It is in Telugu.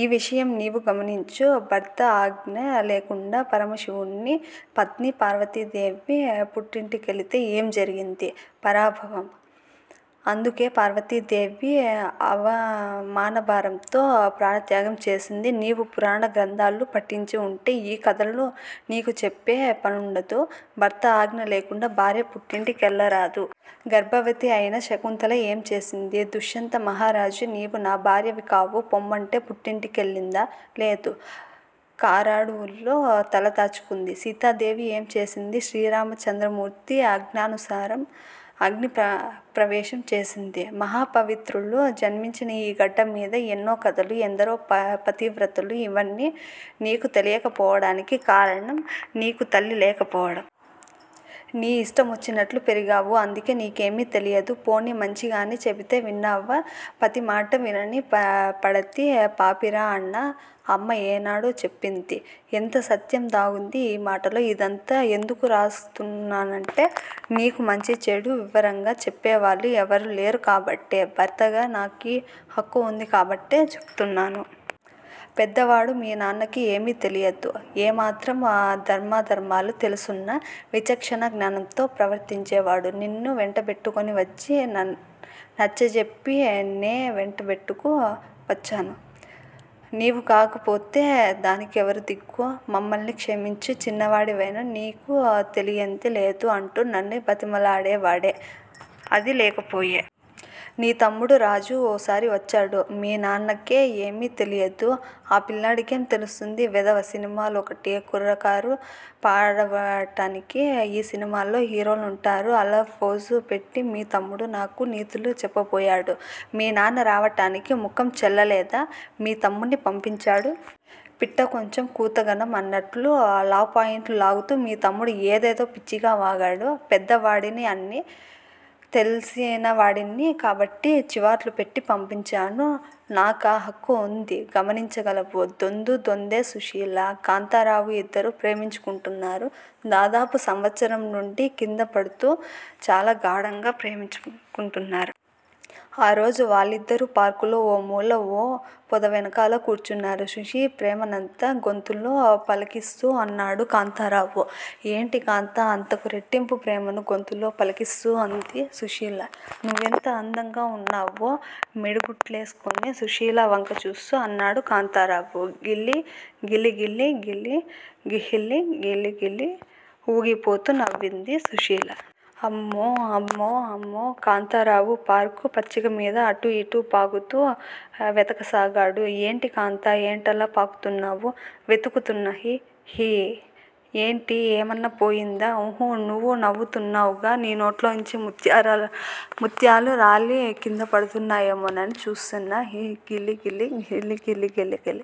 ఈ విషయం నీవు గమనించు. భర్త అజ్ఞ లేకుండా పరమ శివుని పత్ని పార్వతీదేవి పుట్టింటి కెళితే ఏం జరిగింది? పరాభవం: అందుకే పార్వతీదేవి అవమానభారంతో ప్రాణత్యాగం చేసింది. నీవు పురాణ గ్రంధాలు పఠించి వుంటే ఈ కధలు నీకు చెప్పే పనుండదు. భర్త అజ్ఞ లేకుండా భార్య పుట్టింటి కెళ్ళరాదు. గర్భవతి అయిన శకుంతల ఏం చేసింది? దుష్యంత మహారాజు నీవు నా భార్యవి కావు పొమ్మంటే పుట్టింటి కెళ్ళిందా? లేదు. కారడువుల్లో తలదాచుకుంది. సీతాదేవి ఏం చేసింది? శ్రీరామచంద్రమూర్తి అజ్ఞానుసారం అగ్ని ప్రవేశం చేసింది. మహాపవిత్రులు జన్మించిన ఈ గడ్డ మీద ఎన్నో కధలు, ఎందరో పతివ్రతలు- ఇవన్నీ నీకు తెలియక పోవటానికి కారణం నీకు తల్లి లేకపోవడం. నీ ఇష్టమొచ్చినట్లు పెరిగావు, అందుకే నీకేమి తెలియదు. పోనీ మంచిగా నే చెబితే విన్నావా! పతిమాట వినని పడతి పాపిరా అన్న అమ్మ ఏనాడో చెప్పింది. ఎంత సత్యం దాగుంది ఈ మాటలో, ఇదంతా ఎందుకు రాస్తున్నానంటే నీకు మంచి-చెడు వివరంగా చెప్పేవాళ్ళు ఎవ్వరు లేరు కాబట్టే భర్తగా నాకీ హక్కు వుంది కాబట్టే చెపుతున్నాను. పెద్దవాడు, మీ నాన్నకి ఏమి తెలియదు. ఏమాత్రం ధర్మా ధర్మాలు తెలిసున్నా విచక్షణ జ్ఞానంతో ప్రవర్తించేవాడు. నిన్ను వెంటబెట్టుకొని వచ్చి, నచ్చజెప్పి నే వెంటబెట్టుకు వచ్చాను, నీవు గాకపోతే దానికెవరు దిక్కు, మమ్మల్ని క్షమించు చిన్నవాడివయినా నీకు తెలియంది లేదు అంటూ నన్ను బతిమిలాడేవాడే, అది లేకపోయె. నీ తమ్ముడు రాజు ఓసారి వచ్చాడు. మీనాన్నకే ఏమి తెలియదు, ఆ పిల్లాడికేం తెలిస్తుంది? వెధవ సినిమలోకటి, కుర్రకారు పాడవటానికే, ఆ సినిమాల్లో హిరోలుంటారు. అలా ఫోజు పెట్టి మీ తమ్ముడు నాకు నీతులు చెప్పపోయాడు, మీ నాన్న రావటానికి ముఖం చెల్లలేదా? మీ తమ్ముణ్ని పంపించాడు? పిట్ట కొంచం కూత ఘనం అన్నట్లు లాపాయింట్లు లాగుతూ మీ తమ్ముడు ఏదేదో పిచ్చిగా వాగాడు. పెద్దవాడిని, అన్ని తెలిసినవాడిని కాబట్టి చివాట్లు పెట్టి పంపించాను. నాకా హక్కు వుంది. గమనించగలవు. దొందూ దొందే సుశీలా, కాంతారావు ఇద్దరూ ప్రేమించుకుంటున్నారు. దాదాపు సంవత్సరం నుండీ కిందా పడుపోతూ చాలా గాఢంగా ప్రేమించుకుంటున్నారు. ఆరోజు వాళ్లిద్దరూ పార్కులో ఓ మూల ఓ పొదవెనకాల కూర్చున్నారు. సుశీ ప్రేమనంతా గొంతులో పలికిస్తూ అన్నాడు కాంతారావు. ఏంటి కాంతా అంతకు రెట్టింపు ప్రేమను గొంతులో పలికిస్తూ అంది సుశీల. నువ్వెంత అందంగా ఉన్నవో?! మిడిగుడ్లేస్కుని సుశీల వంక చూస్తూ అన్నాడు కాంతారావు. గిలి గిలిగిలిగిలి గిహ్హిలి గిలిగిలి ఊగిపోతూ నవ్వింది సుశీల. హమ్మో హమ్మో హమ్మో కాంతారావు పార్కు పచ్చికమీద అటూ ఇటూ పాకుతూ వెతకసాగాడు. ఏంటి కాంతా ఏంటలా పాకుతున్నావ్? వెతుకుతున్నా హి హి ఏంటి? ఏమన్నా పోయిందా? ఉహు నువ్ నవ్వుతున్నావ్ గా నీ నోట్లోంచి ముత్యాలు రాలి కింద పడ్తున్నాయేమోనని చూస్తున్నా హి గిలి గిలి గిలిగిలి గిలి గిలి!